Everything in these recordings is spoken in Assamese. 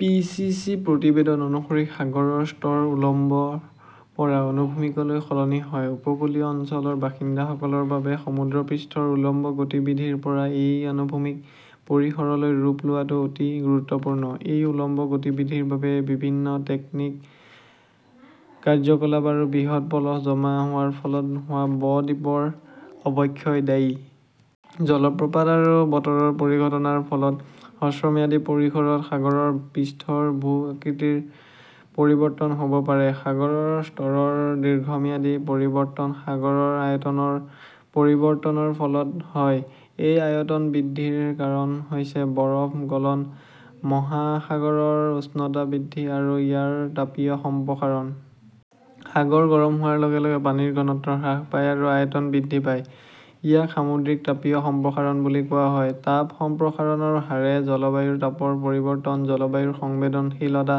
পি. চি. চি. প্ৰতিবেদন অনুসৰি, সাগৰৰ স্তৰ উলম্বৰ পৰা আনুভূমিকলৈ সলনি হয়। উপকূলীয় অঞ্চলৰ বাসিন্দাসকলৰ বাবে সমুদ্ৰপৃষ্ঠৰ উলম্ব গতিবিধিৰ পৰা এই আনুভূমিক পৰিসৰলৈ ৰূপ লোৱাটো অতি গুৰুত্বপূৰ্ণ। এই উলম্ব গতিবিধিৰ বাবে বিভিন্ন টেক্টনিক কাৰ্যকলাপ আৰু বৃহৎ পলস জমা হোৱাৰ ফলত হোৱা ব-দ্বীপৰ অৱক্ষয় দায়ী। জলপ্ৰপাত আৰু বতৰৰ পৰিঘটনাৰ ফলত হ্ৰস্বম্যাদী পৰিসৰত সাগৰৰ পৃষ্ঠৰ ভূ-আকৃতিৰ পৰিৱৰ্তন হ’ব পাৰে। সাগৰৰ স্তৰৰ দীৰ্ঘম্যাদী পৰিৱৰ্তন সাগৰৰ আয়তনৰ পৰিৱৰ্তনৰ ফলত হয়। এই আয়তন বৃদ্ধিৰ কাৰণ হৈছে বৰফ গলন, মহাসাগৰৰ উষ্ণতা বৃদ্ধি আৰু ইয়াৰ তাপীয় সম্প্ৰসাৰণ। সাগৰ গৰম হোৱাৰ লগে লগে পানীৰ ঘনত্ব হ্ৰাস পায় আৰু আয়তন বৃদ্ধি পায়। ইয়াক সামুদ্ৰিক তাপীয় সম্প্ৰসাৰণ বুলি কোৱা হয়। তাপ সম্প্ৰসাৰণৰ হাৰে জলবায়ুৰ তাপৰ পৰিৱৰ্তন, জলবায়ুৰ সংবেদনশীলতা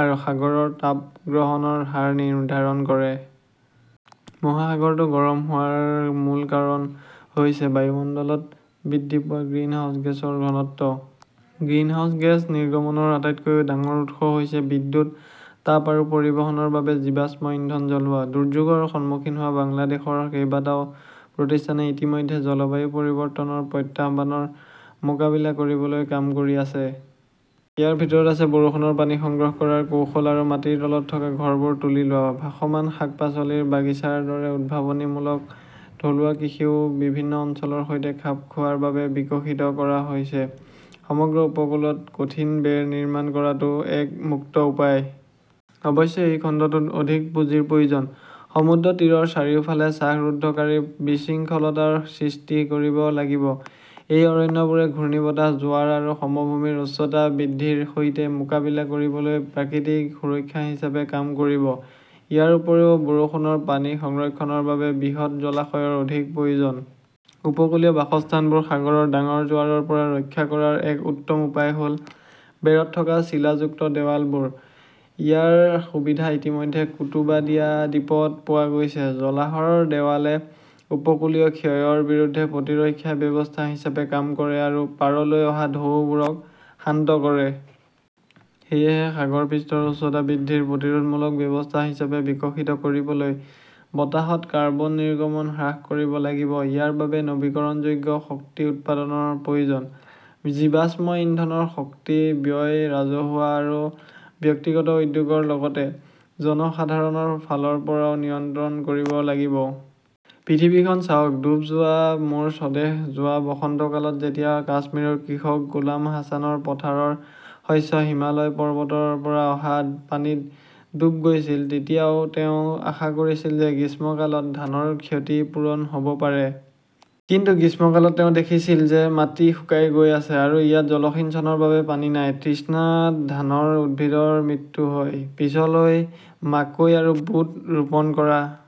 আৰু সাগৰৰ তাপ গ্ৰহণৰ হাৰ নিৰ্ধাৰণ কৰে। মহাসাগৰটো গৰম হোৱাৰ মূল কাৰণ হৈছে বায়ুমণ্ডলত বৃদ্ধি পোৱা গ্ৰিনহাউজ গেছৰ ঘনত্ব। গ্ৰিনহাউজ গেছ নিৰ্গমনৰ আটাইতকৈ ডাঙৰ উৎস হৈছে বিদ্যুৎ, তাপ আৰু পৰিবহণৰ বাবে জীৱাশ্ম ইন্ধন জ্বলোৱা। দুৰ্যোগৰ সন্মুখীন হোৱা বাংলাদেশৰ কেইবাটাও প্ৰতিষ্ঠানে ইতিমধ্যে জলবায়ু পৰিৱৰ্তনৰ প্ৰত্যাহ্বানৰ মোকাবিলা কৰিবলৈ কাম কৰি আছে। ইয়াৰ ভিতৰত আছে বৰষুণৰ পানী সংগ্ৰহ কৰাৰ কৌশল আৰু মাটিৰ তলত থকা ঘৰবোৰ তুলি লোৱা। ভাসমান শাক-পাচলিৰ বাগিচাৰ দৰে উদ্ভাৱনীমূলক থলুৱা কৃষিও বিভিন্ন অঞ্চলৰ সৈতে খাপ খোৱাৰ বাবে বিকশিত কৰা হৈছে। সমগ্ৰ উপকূলত কঠিন বেৰ নিৰ্মাণ কৰাটো এক মুক্ত উপায়। অৱশ্যে এই খণ্ডটোত অধিক পুঁজিৰ প্ৰয়োজন। সমুদ্ৰতীৰৰ চাৰিওফালে শ্বাসৰুদ্ধকাৰী বিশৃংখলতাৰ সৃষ্টি কৰিব লাগিব। এই অৰণ্যবোৰে ঘূৰ্ণীবতাহ, জোৱাৰ আৰু সমভূমিৰ উচ্চতা বৃদ্ধিৰ সৈতে মোকাবিলা কৰিবলৈ প্ৰাকৃতিক সুৰক্ষা হিচাপে কাম কৰিব। ইয়াৰ উপৰিও বৰষুণৰ পানী সংৰক্ষণৰ বাবে বৃহৎ জলাশয়ৰ অধিক প্ৰয়োজন। উপকূলীয় বাসস্থানবোৰ সাগৰৰ ডাঙৰ জোৱাৰৰ পৰা ৰক্ষা কৰাৰ এক উত্তম উপায় হ’ল বেৰত থকা চিলাযুক্ত দেৱালবোৰ। ইয়াৰ সুবিধা ইতিমধ্যে কুতুবাদিয়া দ্বীপত পোৱা গৈছে। জলাহৰ দেৱালে উপকূলীয় ক্ষয়ৰ বিৰুদ্ধে প্ৰতিৰক্ষা ব্যৱস্থা হিচাপে কাম কৰে আৰু পাৰলৈ অহা ঢৌবোৰক শান্ত কৰে। সেয়েহে, সাগৰ পৃষ্ঠৰ উচ্চতা বৃদ্ধিৰ প্ৰতিৰোধমূলক ব্যৱস্থা হিচাপে বিকশিত কৰিবলৈ বতাহত কাৰ্বন নিৰ্গমন হ্ৰাস কৰিব লাগিব। ইয়াৰ বাবে নৱীকৰণযোগ্য শক্তি উৎপাদনৰ প্ৰয়োজন। জীৱাশ্ম ইন্ধনৰ শক্তি ব্যয় ৰাজহুৱা আৰু ব্যক্তিগত উদ্যোগৰ লগতে জনসাধাৰণৰ ফালৰ পৰাও নিয়ন্ত্ৰণ কৰিব লাগিব। পৃথিৱীখন চাওক, ডুব যোৱা মোৰ স্বদেশ যোৱা বসন্তকালত যেতিয়া কাশ্মীৰৰ কৃষক গোলাম হাছানৰ পথাৰৰ শস্য হিমালয় পৰ্বতৰ পৰা অহা পানীত ডুব গৈছিল, তেতিয়াও তেওঁ আশা কৰিছিল যে গ্ৰীষ্মকালত ধানৰ ক্ষতি পূৰণ হ 'ব পাৰে। কিন্তু গ্ৰীষ্মকালত তেওঁ দেখিছিল যে মাটি শুকাই গৈ আছে, আৰু ইয়াত জলসিঞ্চনৰ বাবে পানী নাই। তৃষ্ণাত ধানৰ উদ্ভিদৰ মৃত্যু হয়। পিছলৈ মাকৈ আৰু বুট ৰোপণ কৰা